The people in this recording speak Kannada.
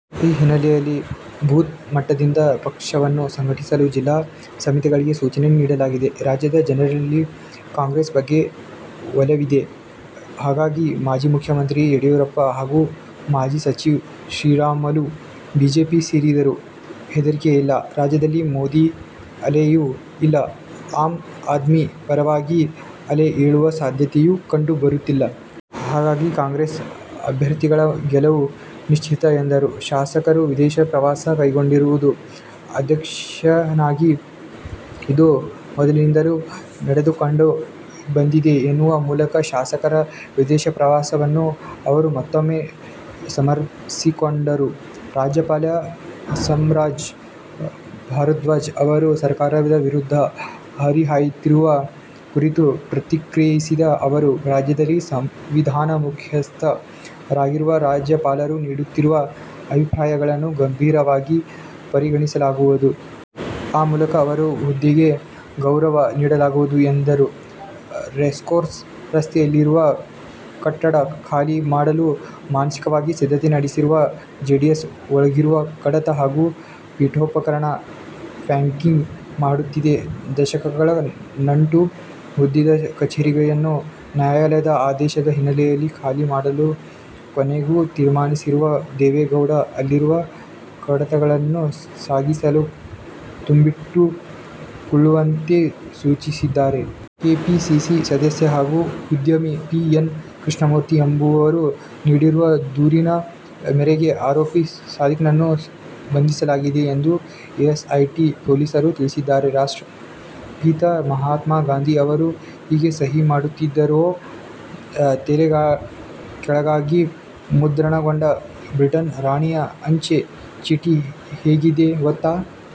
ಈ ಹಿನ್ನೆಲೆಯಲ್ಲಿ ಬೂತ್ ಮಟ್ಟದಿಂದ ಪಕ್ಷವನ್ನು ಸಂಘಟಿಸಲು ಜಿಲ್ಲಾ ಸಮಿತಿಗಳಿಗೆ ಸೂಚನೆ ನೀಡಲಾಗಿದೆ. ರಾಜ್ಯದ ಜನರಲ್ಲಿ ಕಾಂಗ್ರೆಸ್ ಬಗ್ಗೆ ಒಲವಿದೆ. ಹಾಗಾಗಿ, ಮಾಜಿ ಮುಖ್ಯಮಂತ್ರಿ ಯಡಿಯೂರಪ್ಪ ಹಾಗೂ ಮಾಜಿ ಸಚಿವ ಶ್ರೀರಾಮುಲು ಬಿಜೆಪಿ ಸೇರಿದರೂ ಹೆದರಿಕೆಯಿಲ್ಲ. ರಾಜ್ಯದಲ್ಲಿ ಮೋದಿ ಅಲೆಯೂ ಇಲ್ಲ, ಆಮ್ ಆದ್ಮಿ ಪರವಾಗಿ ಅಲೆ ಏಳುವ ಸಾಧ್ಯತೆಯೂ ಕಂಡು ಬರುತ್ತಿಲ್ಲ. ಹಾಗಾಗಿ, ಕಾಂಗ್ರೆಸ್ ಅಭ್ಯರ್ಥಿಗಳ ಗೆಲುವು ನಿಶ್ಚಿತ ಎಂದರು. ಶಾಸಕರು ವಿದೇಶ ಪ್ರವಾಸ ಕೈಗೊಂಡಿರುವುದು ಅಧ್ಯಯನಕ್ಕಾಗಿ. ಇದು ಮೊದಲಿನಿಂದಲೂ ನಡೆದುಕೊಂಡು ಬಂದಿದೆ ಎನ್ನುವ ಮೂಲಕ ಶಾಸಕರ ವಿದೇಶ ಪ್ರವಾಸವನ್ನು ಅವರು ಮತ್ತೂಮ್ಮೆ ಸಮರ್ಥಿಸಿಕೊಂಡರು. ರಾಜ್ಯಪಾಲ ಹಂಸರಾಜ್ ಭಾರಧ್ವಾಜ್ ಅವರು ಸರ್ಕಾರದ ವಿರುದ್ಧ ಹರಿಹಾಯುತ್ತಿರುವ ಕುರಿತು ಪ್ರತಿಕ್ರಿಯಿಸಿದ ಅವರು, ರಾಜ್ಯದಲ್ಲಿ ಸಂವಿಧಾನದ ಮುಖ್ಯಸ್ಥರಾಗಿರುವ ರಾಜ್ಯಪಾಲರು ನೀಡುತ್ತಿರುವ ಅಭಿಪ್ರಾಯಗಳನ್ನು ಗಂಭೀರವಾಗಿ ಪರಿಗಣಿಸಲಾಗುವುದು. ಆ ಮೂಲಕ ಅವರ ಹುದ್ದೆಗೆ ಗೌರವ ನೀಡಲಾಗುವುದು ಎಂದರು. ರೇಸ್ಕೋರ್ಸ್ ರಸ್ತೆಯಲ್ಲಿರುವ ಕಟ್ಟಡ ಖಾಲಿ ಮಾಡಲು ಮಾನಸಿಕವಾಗಿ ಸಿದ್ಧತೆ ನಡೆಸಿರುವ ಜೆಡಿಎಸ್ ಒಳಗಿರುವ ಕಡತ ಹಾಗೂ ಪೀಠೊಪಕರಣಗಳ "ಪ್ಯಾಕಿಂಗ್' ಮಾಡುತ್ತಿದೆ. ದಶಕಗಳ ನಂಟು ಹೊಂದಿದ್ದ ಕಚೇರಿಯನ್ನು ನ್ಯಾಯಾಲಯದ ಆದೇಶದ ಹಿನ್ನೆಲೆಯಲ್ಲಿ ಖಾಲಿ ಮಾಡಲು ಕೊನೆಗೂ ತೀರ್ಮಾನಿಸಿರುವ ದೇವೇಗೌಡರು, ಅಲ್ಲಿರುವ ಕಡತಗಳನ್ನು ಸಾಗಿಸಲು ತುಂಬಿಟ್ಟು ಕೊಳ್ಳುವಂತೆ ಸೂಚಿಸಿದ್ದಾರೆ. ಕೆಪಿಸಿಸಿ ಸದಸ್ಯ ಹಾಗೂ ಉದ್ಯಮಿ ಪಿ. ಎನ್. ಕೃಷ್ಣಮೂರ್ತಿ ಎಂಬುವರು ನೀಡಿರುವ ದೂರಿನ ಮೇರೆಗೆ ಆರೋಪಿ ಸಾದಿಕ್ನನ್ನು ಬಂಧಿಸಲಾಗಿದೆ ಎಂದು ಎಸ್ಐಟಿ ಪೊಲೀಸರು ತಿಳಿಸಿದ್ದಾರೆ. ರಾಷ್ಟ್ರಪಿತ ಮಹಾತ್ಮ ಗಾಂಧಿ ಅವರು ಹೇಗೆ ಸಹಿ ಮಾಡುತ್ತಿದ್ದರು? ತಲೆಕೆಳಗಾಗಿ ಮುದ್ರಣಗೊಂಡ ಬ್ರಿಟನ್ ರಾಣಿಯ ಅಂಚೆ ಚೀಟಿ ಹೇಗಿದೆ ಗೊತ್ತಾ?